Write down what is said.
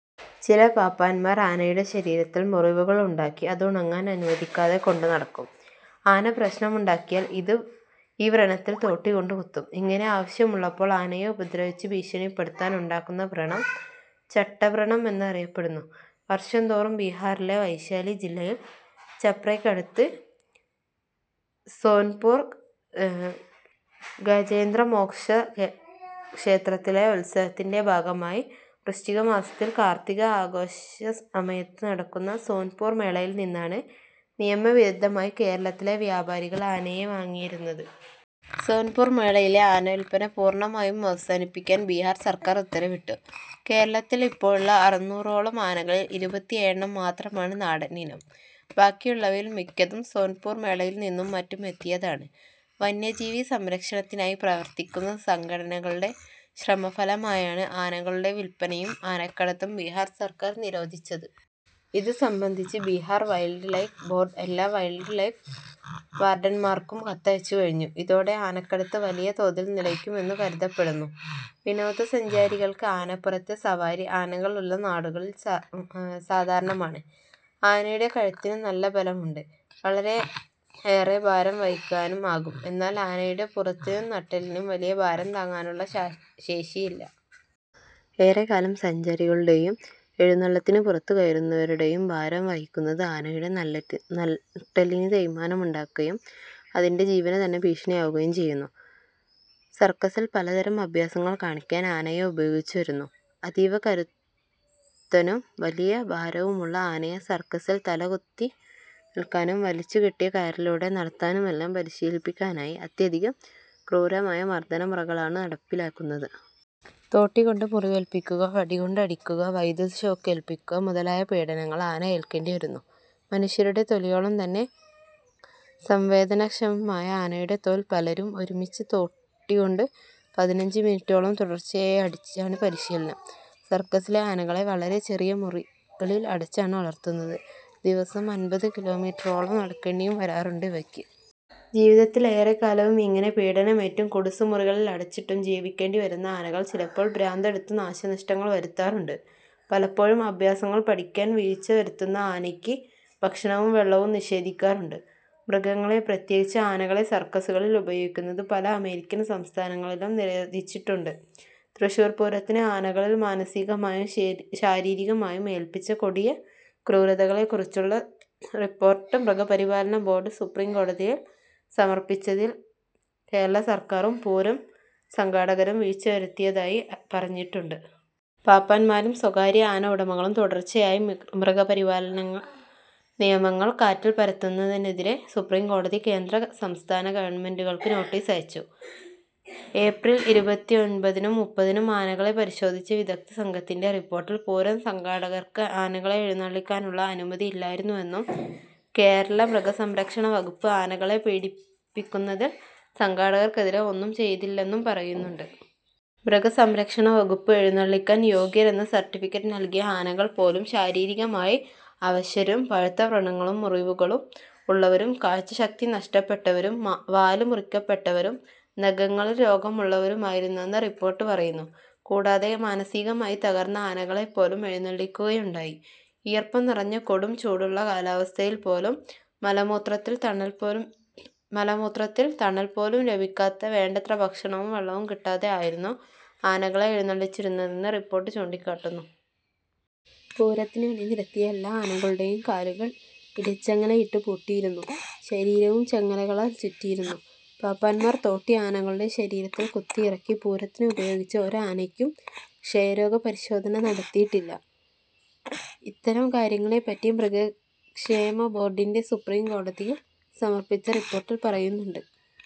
ചില പാപ്പാന്മാർ ആനയുടെ ശരീരത്തിൽ മുറിവുകൾ ഉണ്ടാക്കി അത് ഉണങ്ങാൻ അനുവദിക്കാതെ കൊണ്ടു നടക്കും. ആന പ്രശ്നം ഉണ്ടാക്കിയാൽ ഈ വ്രണത്തിൽതോട്ടികൊണ്ട് കുത്തും. ഇങ്ങനെ ആവശ്യമുള്ളപ്പോൾ ആനയെ ഉപദ്രവിച്ച് ഭീഷണിപ്പെടുത്താൻ ഉണ്ടാക്കുന്ന വ്രണം ചട്ടവ്രണം എന്ന് അറിയപ്പെടുന്നു. വർഷം തോറും ബിഹാറിലെ വൈശാലി ജില്ലയിൽ ഛപ്രയ്ക്കടുത്ത് സോൻപുർ ഗജേന്ദ്രമോക്ഷ ക്ഷേത്രത്തിലെ ഉത്സവത്തിൻ്റെ ഭാഗമായി വൃശ്ചികമാസത്തിൽ കാർത്തിക ആഘോഷ സമയത്ത് നടക്കുന്ന സോൻപൂർ മേളയിൽ നിന്നാണ് നിയമവിരുദ്ധമായി കേരളത്തിലെ വ്യാപാരികൾ ആനകളെ വാങ്ങിയിരുന്നത്. സോൻപുർ മേളയിലെ ആനവില്പന പൂർണ്ണമായും അവസാനിപ്പിക്കാൻ ബിഹാർ സർക്കാർ ഉത്തരവിട്ടു. കേരളത്തിൽ ഇപ്പോഴുള്ള അറുന്നൂറോളം ആനകളിൽ ഇരുപത്തിഏഴെണ്ണം മാത്രമാണ് നാടൻ ഇനം. ബാക്കിയുള്ളവയിൽ മിക്കതും സോൻപുർ മേളയിൽനിന്നും മറ്റും എത്തിയതാണ്. വന്യജീവി സംരക്ഷണത്തിനായി പ്രവർത്തിക്കുന്ന സംഘടനകളുടെ ശ്രമഫലമായാണ് ആനകളുടെ വില്പനയും ആനക്കടത്തും ബിഹാർ സർക്കാർ നിരോധിച്ചത്. ഇതു സംബന്ധിച്ച് ബിഹാർ വൈൽഡ് ലൈഫ് ബോർഡ് എല്ലാ വൈൽഡ് ലൈഫ് വാർഡൻമാർക്കും കത്തയച്ചുകഴിഞ്ഞു. ഇതോടെ ആനക്കടത്ത് വലിയതോതിൽ നിലയ്ക്കുമെന്നു കരുതപ്പെടുന്നു. വിനോദസഞ്ചാരികൾക്ക് ആനപ്പുറത്തെ സവാരി ആനകൾ ഉള്ള നാടുകളിൽ സാധാരണമാണ്. ആനയുടെ കഴുത്തിനു നല്ല ബലമുണ്ട്, വളരെയേറെ ഭാരം വഹിക്കുവാനും ആകും, എന്നാൽ ആനയുടെ പുറത്തിനും നട്ടെല്ലിനും വലിയ ഭാരം താങ്ങാനുള്ള ശേഷിയില്ല. ഏറെക്കാലം സഞ്ചാരികളുടെയും എഴുന്നള്ളത്തിനു പുറത്തുകയറുന്നവരുടെയും ഭാരം വഹിക്കുന്നത് ആനയുടെ നട്ടെല്ലിന് തേയ്മാനം ഉണ്ടാക്കുകയും അതിൻ്റെ ജീവനുതന്നെ ഭീഷണി ആവുകയും ചെയ്യുന്നു. സർക്കസ്സിൽ പലതരം അഭ്യാസങ്ങൾ കാണിക്കാൻ ആനയെ ഉപയോഗിച്ചുവരുന്നു. അതീവ കരുത്തനും വലിയ ഭാരവുമുള്ള ആനയെ സർക്കസ്സിൽ തലകുത്തിനിൽക്കാനും വലിച്ചുകെട്ടിയ കയറിലൂടെ നടത്താനുമെല്ലാം പരിശീലിപ്പിക്കാനായി അത്യധികം ക്രൂരമായ മർദ്ദനമുറകളാണ് നടപ്പിലാക്കുന്നത്. തോട്ടി കൊണ്ട് മുറിവേൽപ്പിക്കുക, വടികൊണ്ട് അടിക്കുക, വൈദ്യുത ഷോക്ക് ഏൽപ്പിക്കുക മുതലായ പീഡനങ്ങൾ ആന ഏൽക്കേണ്ടിവരുന്നു. മനുഷ്യരുടെ തൊലിയോളം തന്നെ സംവേദനക്ഷമമായ ആനയുടെ തോൽ പലരും ഒരുമിച്ച് തോട്ടികൊണ്ട് പതിനഞ്ച് മിനുട്ടോളം തുടർച്ചയായി അടിച്ചാണ് പരിശീലനം. സർക്കസ്സിലെ ആനകളെ വളരെ ചെറിയ മുറികളിൽ അടച്ചാണ് വളർത്തുന്നത്, ദിവസം അൻപത് കിലോമീറ്ററോളം നടക്കേണ്ടിയും വരാറുണ്ട് ഇവയ്ക്ക്. ജീവിത്തിൽ ഏറെക്കാലവും ഇങ്ങനെ പീഡനമേറ്റും കുടുസ്സുമുറികളിൽ അടച്ചിട്ടും ജീവിക്കേണ്ടിവരുന്ന ആനകൾ ചിലപ്പോൾ ഭ്രാന്തെടുത്ത് നാശനഷ്ടങ്ങൾ വരുത്താറുണ്ട്. പലപ്പോഴും അഭ്യാസങ്ങൾ പഠിക്കാൻ വീഴ്ചവരുത്തുന്ന ആനയ്ക്ക് ഭക്ഷണവും വെള്ളവും നിഷേധിക്കാറുണ്ട്. മൃഗങ്ങളെ, പ്രത്യേകിച്ച് ആനയെ സർക്കസ്സുകളിൽ ഉപയോഗിക്കുന്നത് പല അമേരിക്കൻ സംസ്ഥാനങ്ങളിലും നിരോധിച്ചിട്ടുണ്ട്. തൃശൂർ പൂരത്തിന് ആനകളിൽ മാനസികമായും ശാരീരികമായും ഏൽപ്പിച്ച കൊടിയ ക്രൂരതകളെക്കുറിച്ചുള്ള റിപ്പോർട്ട് മൃഗപരിപാലന ബോഡ് സുപ്രീം കോടതിയിൽ സമർപ്പിച്ചതിൽ കേരളസർക്കാരും പൂരം സംഘാടകരും വീഴ്ച്ചവരുത്തിയതായി പറഞ്ഞിട്ടുണ്ട്. പാപ്പാന്മാരും സ്വകാര്യ ആന ഉടമകളും തുടർച്ചയായി മൃഗപരിപാലനനിയമങ്ങൾ കാറ്റിൽപ്പറത്തുന്നതിനെതിരെ സുപ്രീം കോടതി കേന്ദ്ര സംസ്ഥാന ഗവൺമെൻ്റുകൾക്ക് നോട്ടീസ് അയച്ചു. ഏപ്രിൽ ഇരുപത്തിഒൻപതിനും മുപ്പതിനും ആനകളെ പരിശോധിച്ച വിദഗ്ദ്ധസംഘത്തിൻ്റെ റിപ്പോർട്ടിൽ പൂരം സംഘാടകർക്ക് ആനകളെ എഴുന്നള്ളിക്കാനുള്ള അനുമതി ഇല്ലായിരുന്നുവെന്നും കേരള മൃഗസംരക്ഷണവകുപ്പ് ആനകളെ പീഡിപ്പിക്കുന്നതിൽ സംഘാടകർക്കെതിരെ ഒന്നും ചെയ്തില്ലെന്നും പറയുന്നുണ്ട്. മൃഗസംരക്ഷണവകുപ്പ് എഴുന്നള്ളിക്കാൻ യോഗ്യരെന്ന് സർട്ടിഫിക്കറ്റ് നൽകിയ ആനകൾ പോലും ശാരീരികമായി അവശരും പഴുത്ത വ്രണങ്ങളും മുറിവുകളും ഉള്ളവരും കാഴ്ചശക്തി നഷ്ടപ്പെട്ടവരും വാല് മുറിക്കപ്പെട്ടവരും നഖങ്ങളിൽ രോഗമുള്ളവരുമായിരുന്നെന്ന് റിപ്പോർട്ട് പറയുന്നു. കൂടാതെ മാനസികമായി തകർന്ന ആനകളെപ്പോലും എഴുന്നള്ളിക്കുകയുണ്ടായി. ഈർപ്പം നിറഞ്ഞ കൊടും ചൂടുള്ള കാലാവസ്ഥയിൽ സ്വന്തം മലമൂത്രത്തിൽ തണൽപോലും ലഭിക്കാതെ വേണ്ടത്ര ഭക്ഷണവും വെള്ളവും കിട്ടാതെ ആയിരുന്നു ആനകളെ എഴുന്നള്ളിച്ചിരുന്നതെന്ന് റിപ്പോർട്ട് ചൂണ്ടിക്കാണിക്കുന്നു. പൂരത്തിന് അണിനിരത്തിയ എല്ലാ ആനകളുടെയും കാലുകൾ ഇടച്ചങ്ങലയിട്ട് പൂട്ടിയിരുന്നു. ശരീരവും ചങ്ങലകളാൽ ചുറ്റിയിരുന്നു. പാപ്പാൻമാർ തോട്ടി ആനകളുടെ ശരീരത്തിൽ കുത്തിയിറക്കി. പൂരത്തിന് ഉപയോഗിച്ച ഒരു ആനയ്ക്കും ക്ഷയരോഗ പരിശോധന നടത്തിയിട്ടില്ല. ഇത്തരം കാര്യങ്ങളെപ്പറ്റി മൃഗക്ഷേമ ബോർഡിൻ്റെ സുപ്രീം കോടതിയിൽ സമർപ്പിച്ച റിപ്പോർട്ടിൽ പറയുന്നുണ്ട്.